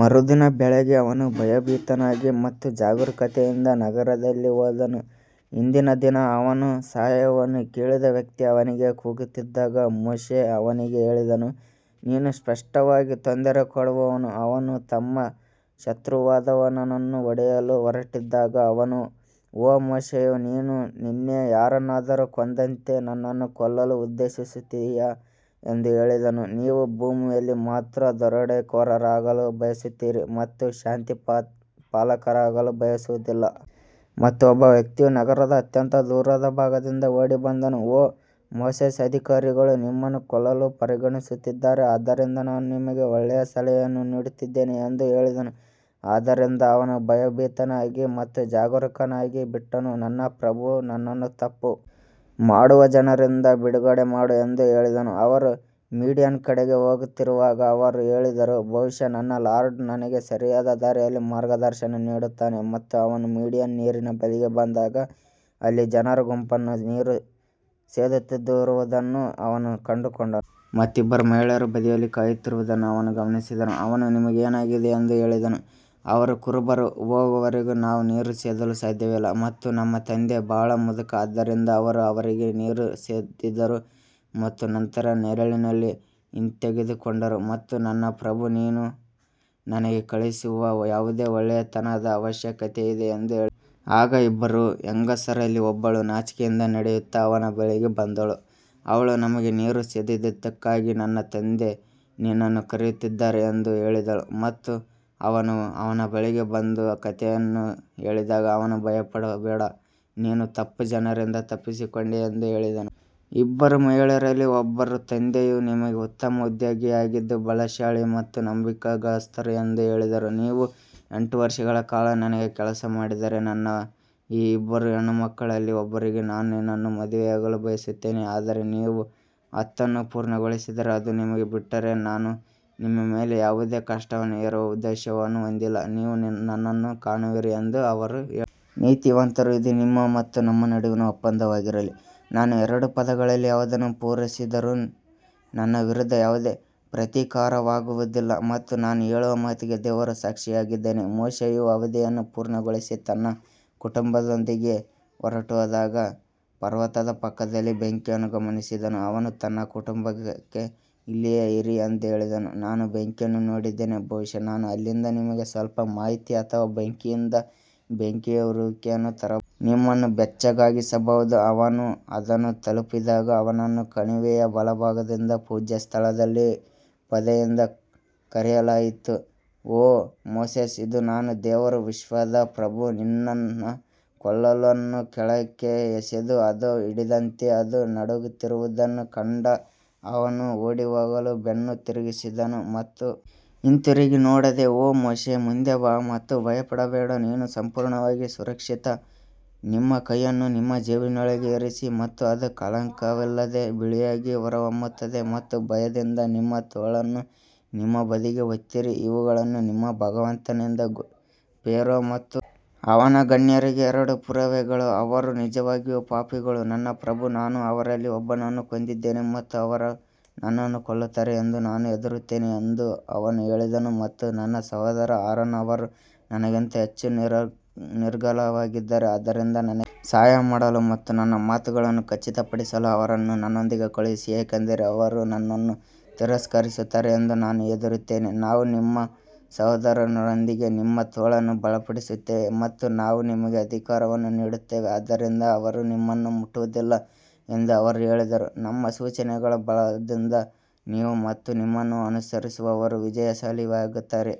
ಮರುದಿನ ಬೆಳಿಗ್ಗೆ ಅವನು ಭಯಭೀತನಾಗಿ ಮತ್ತು ಜಾಗರೂಕತೆಯಿಂದ ನಗರದಲ್ಲಿ ಹೋದನು, ಹಿಂದಿನ ದಿನ ಅವನ ಸಹಾಯವನ್ನು ಕೇಳಿದ ವ್ಯಕ್ತಿ ಅವನಿಗೆ ಕೂಗುತ್ತಿದ್ದಾಗ ಮೋಶೆ ಅವನಿಗೆ ಹೇಳಿದನು, ನೀನು ಸ್ಪಷ್ಟವಾಗಿ ತೊಂದರೆ ಕೊಡುವವನು ಅವನು ತಮ್ಮ ಶತ್ರುವಾದವನನ್ನು ಹೊಡೆಯಲು ಹೊರಟಿದ್ದಾಗ ಅವನು ಓ ಮೋಶೆಯು ನೀನು ನಿನ್ನೆ ಯಾರನ್ನಾದರೂ ಕೊಂದಂತೆ ನನ್ನನ್ನು ಕೊಲ್ಲಲು ಉದ್ದೇಶಿಸುತ್ತೀಯಾ ಎಂದು ಹೇಳಿದನು, ನೀವು ಭೂಮಿಯಲ್ಲಿ ಮಾತ್ರ ದರೋಡೆಕೋರರಾಗಲು ಬಯಸುತ್ತೀರಿ ಮತ್ತು ಶಾಂತಿಪಾಲಕರಾಗಲು ಬಯಸುವುದಿಲ್ಲ. ಮತ್ತು ಒಬ್ಬ ವ್ಯಕ್ತಿಯು ನಗರದ ಅತ್ಯಂತ ದೂರದ ಭಾಗದಿಂದ ಓಡಿ ಬಂದನು, ಓ ಮೋಸೆಸ್ ಅಧಿಕಾರಿಗಳು ನಿಮ್ಮನ್ನು ಕೊಲ್ಲಲು ಪರಿಗಣಿಸುತ್ತಿದ್ದಾರೆ ಆದ್ದರಿಂದ ನಾನು ನಿಮಗೆ ಒಳ್ಳೆಯ ಸಲಹೆಯನ್ನು ನೀಡುತ್ತಿದ್ದೇನೆ ಎಂದು ಹೇಳಿದನು. ಆದ್ದರಿಂದ ಅವನು ಭಯಭೀತನಾಗಿ ಮತ್ತು ಜಾಗರೂಕನಾಗಿ ಬಿಟ್ಟನು, ನನ್ನ ಪ್ರಭು ನನ್ನನ್ನು ತಪ್ಪು ಮಾಡುವ ಜನರಿಂದ ಬಿಡುಗಡೆ ಮಾಡು ಎಂದು ಹೇಳಿದನು ಅವರು ಮೀಡಿಯನ್ ಕಡೆಗೆ ಹೋಗುತ್ತಿರುವಾಗ ಅವರು ಹೇಳಿದರು ಬಹುಶಃ ನನ್ನ ಲಾರ್ಡ್ ನನಗೆ ಸರಿಯಾದ ದಾರಿಯಲ್ಲಿ ಮಾರ್ಗದರ್ಶನ ನೀಡುತ್ತಾನೆ ಮತ್ತು ಅವನು ಮೀಡಿಯನ್ ನೀರಿನ ಬಳಿಗೆ ಬಂದಾಗ ಅಲ್ಲಿ ಜನರ ಗುಂಪನ್ನು ನೀರು ಸೇದುತ್ತಿರುವುದನ್ನು ಅವನು ಕಂಡುಕೊಂಡನು ಮತ್ತು ಇಬ್ಬರು ಮಹಿಳೆಯರು ಬದಿಯಲ್ಲಿ ಕಾಯುತ್ತಿರುವುದನ್ನು ಅವನು ಗಮನಿಸಿದನು ಅವನು ನಿಮಗೆ ಏನಾಗಿದೆ ಎಂದು ಹೇಳಿದನು ಅವರು ಕುರುಬರು ಹೋಗುವವರೆಗೂ ನಾವು ನೀರು ಸೇದಲು ಸಾಧ್ಯವಿಲ್ಲ ಮತ್ತು ನಮ್ಮ ತಂದೆ ಬಹಳ ಮುದುಕ ಆದ್ದರಿಂದ ಅವರು ಅವರಿಗೆ ನೀರು ಸೇದಿದರು ಮತ್ತು ನಂತರ ನೆರಳಿನಲ್ಲಿ ಹಿಂತೆಗೆದುಕೊಂಡರು ಮತ್ತು ನನ್ನ ಪ್ರಭೂ ನೀನು ನನಗೆ ಕಳುಹಿಸುವ ಯಾವುದೇ ಒಳ್ಳೆಯತನದ ಅವಶ್ಯಕತೆಯಿದೆ ಎಂದು ಹೇಳಿದರು. ಆಗ ಇಬ್ಬರು ಹೆಂಗಸರಲ್ಲಿ ಒಬ್ಬಳು ನಾಚಿಕೆಯಿಂದ ನಡೆಯುತ್ತಾ ಅವನ ಬಳಿಗೆ ಬಂದಳು ಅವಳು ನಮಗೆ ನೀರು ಸೇದಿದ್ದಕ್ಕಾಗಿ ನನ್ನ ತಂದೆ ನಿನ್ನನ್ನು ಕರೆಯುತ್ತಿದ್ದಾರೆ ಎಂದು ಹೇಳಿದಳು ಮತ್ತು ಅವನು ಅವನ ಬಳಿಗೆ ಬಂದು ಕಥೆಯನ್ನು ಹೇಳಿದಾಗ ಅವನು ಭಯಪಡಬೇಡ ನೀನು ತಪ್ಪು ಜನರಿಂದ ತಪ್ಪಿಸಿಕೊಂಡೆ ಎಂದು ಹೇಳಿದನು. ಇಬ್ಬರು ಮಹಿಳೆಯರಲ್ಲಿ ಒಬ್ಬರು, ತಂದೆಯು ನಿಮಗೆ ಉತ್ತಮ ಉದ್ಯೋಗಿಯಾಗಿದ್ದು, ಬಲಶಾಲಿ ಮತ್ತು ನಂಬಿಗಸ್ತರು ಎಂದು ಹೇಳಿದರು ನೀವು ಎಂಟು ವರ್ಷಗಳ ಕಾಲ ನನಗೆ ಕೆಲಸ ಮಾಡಿದರೆ ನನ್ನ ಈ ಇಬ್ಬರು ಹೆಣ್ಣುಮಕ್ಕಳಲ್ಲಿ ಒಬ್ಬರಿಗೆ ನಾನು ನಿನ್ನನ್ನು ಮದುವೆಯಾಗಲು ಬಯಸುತ್ತೇನೆ ಆದರೆ ನೀವು ಹತ್ತನ್ನು ಪೂರ್ಣಗೊಳಿಸಿದರೆ ಅದು ನಿಮಗೆ ಬಿಟ್ಟರೆ ನಾನು ನಿಮ್ಮ ಮೇಲೆ ಯಾವುದೇ ಕಷ್ಟವನ್ನು ಹೇರುವ ಉದ್ದೇಶವನ್ನು ಹೊಂದಿಲ್ಲ, ನೀವು ನನ್ನನ್ನು ಕಾಣುವಿರಿ ಎಂದು ಅವರು ಹೇಳಿದರು. ನೀತಿವಂತರ ಇದು ನಿಮ್ಮ ಮತ್ತು ನನ್ನ ನಡುವಿನ ಒಪ್ಪಂದವಾಗಿರಲಿ, ನಾನು ಎರಡು ಪದಗಳಲ್ಲಿ ಯಾವುದನ್ನು ಪೂರೈಸಿದರೂ ನನ್ನ ವಿರುದ್ಧ ಯಾವುದೇ ಪ್ರತೀಕಾರವಾಗುವುದಿಲ್ಲ ಮತ್ತು ನಾವು ಹೇಳುವ ಮಾತಿಗೆ ದೇವರು ಸಾಕ್ಷಿಯಾಗಿದ್ದಾನೆ ಮೋಶೆಯು ಅವಧಿಯನ್ನು ಪೂರ್ಣಗೊಳಿಸಿ ತನ್ನ ಕುಟುಂಬದೊಂದಿಗೆ ಹೊರಟುಹೋದಾಗ ಪರ್ವತದ ಪಕ್ಕದಲ್ಲಿ ಬೆಂಕಿಯನ್ನು ಗಮನಿಸಿದನು ಅವನು ತನ್ನ ಕುಟುಂಬಕ್ಕೆ ಇಲ್ಲಿಯೇ ಇರಿ ಎಂದು ಹೇಳಿದನು ನಾನು ಬೆಂಕಿಯನ್ನು ನೋಡಿದ್ದೇನೆ ಬಹುಶಃ ನಾನು ಅಲ್ಲಿಂದ ನಿಮಗೆ ಸ್ವಲ್ಪ ಮಾಹಿತಿ ಅಥವಾ ಬೆಂಕಿಯಿಂದ ಬೆಂಕಿಯ ಉರಿಯುವಿಕೆಯನ್ನು ತರಬಹುದು. ನಿಮ್ಮನ್ನು ಬೆಚ್ಚಗಾಗಿಸಬಹುದು ಅವನು ಅದನ್ನು ತಲುಪಿದಾಗ ಅವನನ್ನು ಕಣಿವೆಯ ಬಲಭಾಗದಿಂದ ಪೂಜ್ಯ ಸ್ಥಳದಲ್ಲಿ ಪೊದೆಯಿಂದ ಕರೆಯಲಾಯಿತು ಓ ಮೋಸೆಸ್ ಇದು ನಾನು ದೇವರು ವಿಶ್ವದ ಪ್ರಭು ನಿನ್ನ ಕೋಲನ್ನು ಕೆಳಕ್ಕೆ ಎಸೆದು, ಅದು ಹಿಡಿದಂತೆ ಅದು ನಡುಗುತ್ತಿರುವುದನ್ನು ಕಂಡ ಅವನು ಓಡಿಹೋಗಲು ಬೆನ್ನು ತಿರುಗಿಸಿದನು ಮತ್ತು ಹಿಂತಿರುಗಿ ನೋಡದೆ ಓ ಮೋಶೆ ಮುಂದೆ ಬಾ ಮತ್ತು ಭಯಪಡಬೇಡ ನೀನು ಸಂಪೂರ್ಣವಾಗಿ ಸುರಕ್ಷಿತ ನಿಮ್ಮ ಕೈಯನ್ನು ನಿಮ್ಮ ಜೇಬಿನೊಳಗೆ ಇರಿಸಿ ಮತ್ತು ಅದು ಕಳಂಕವಿಲ್ಲದೆ ಬಿಳಿಯಾಗಿ ಹೊರಹೊಮ್ಮುತ್ತದೆ ಮತ್ತು ಭಯದಿಂದ ನಿಮ್ಮ ತೋಳನ್ನು ನಿಮ್ಮ ಬದಿಗೆ ಒತ್ತಿರಿ ಇವುಗಳು ನಿಮ್ಮ ಭಗವಂತನಿಂದ ಫೇರೋ ಮತ್ತು ಅವನ ಗಣ್ಯರಿಗೆ ಎರಡು ಪುರಾವೆಗಳು ಅವರು ನಿಜವಾಗಿಯೂ ಪಾಪಿಗಳು ನನ್ನ ಪ್ರಭು ನಾನು ಅವರಲ್ಲಿ ಒಬ್ಬನನ್ನು ಕೊಂದಿದ್ದೇನೆ ಮತ್ತು ಅವರು ನನ್ನನ್ನು ಕೊಲ್ಲುತ್ತಾರೆ ಎಂದು ನಾನು ಹೆದರುತ್ತೇನೆ ಎಂದು ಅವನು ಹೇಳಿದನು ಮತ್ತು ನನ್ನ ಸಹೋದರ ಆರನ್ ಅವರು ನನಗಿಂತ ಹೆಚ್ಚು ನಿರರ್ಗಳವಾಗಿದ್ದಾರೆ ಆದ್ದರಿಂದ ನನಗೆ ಸಹಾಯ ಮಾಡಲು ಮತ್ತು ನನ್ನ ಮಾತುಗಳನ್ನು ಖಚಿತಪಡಿಸಲು ಅವರನ್ನು ನನ್ನೊಂದಿಗೆ ಕಳುಹಿಸಿ ಏಕೆಂದರೆ ಅವರು ನನ್ನನ್ನು ತಿರಸ್ಕರಿಸುತ್ತಾರೆ ಎಂದು ನಾನು ಹೆದರುತ್ತೇನೆ ನಾವು ನಿಮ್ಮ ಸಹೋದರನೊಂದಿಗೆ ನಿಮ್ಮ ತೋಳನ್ನು ಬಲಪಡಿಸುತ್ತೇವೆ ಮತ್ತು ನಾವು ನಿಮಗೆ ಅಧಿಕಾರವನ್ನು ನೀಡುತ್ತೇವೆ ಆದ್ದರಿಂದ ಅವರು ನಿಮ್ಮನ್ನು ಮುಟ್ಟುವುದಿಲ್ಲ ಎಂದು ಅವರು ಹೇಳಿದರು, ನಮ್ಮ ಸೂಚನೆಗಳ ಬಲದಿಂದ ನೀವು ಮತ್ತು ನಿಮ್ಮನ್ನು ಅನುಸರಿಸುವವರು ವಿಜಯಶಾಲಿಯಾಗುತ್ತಾರೆ.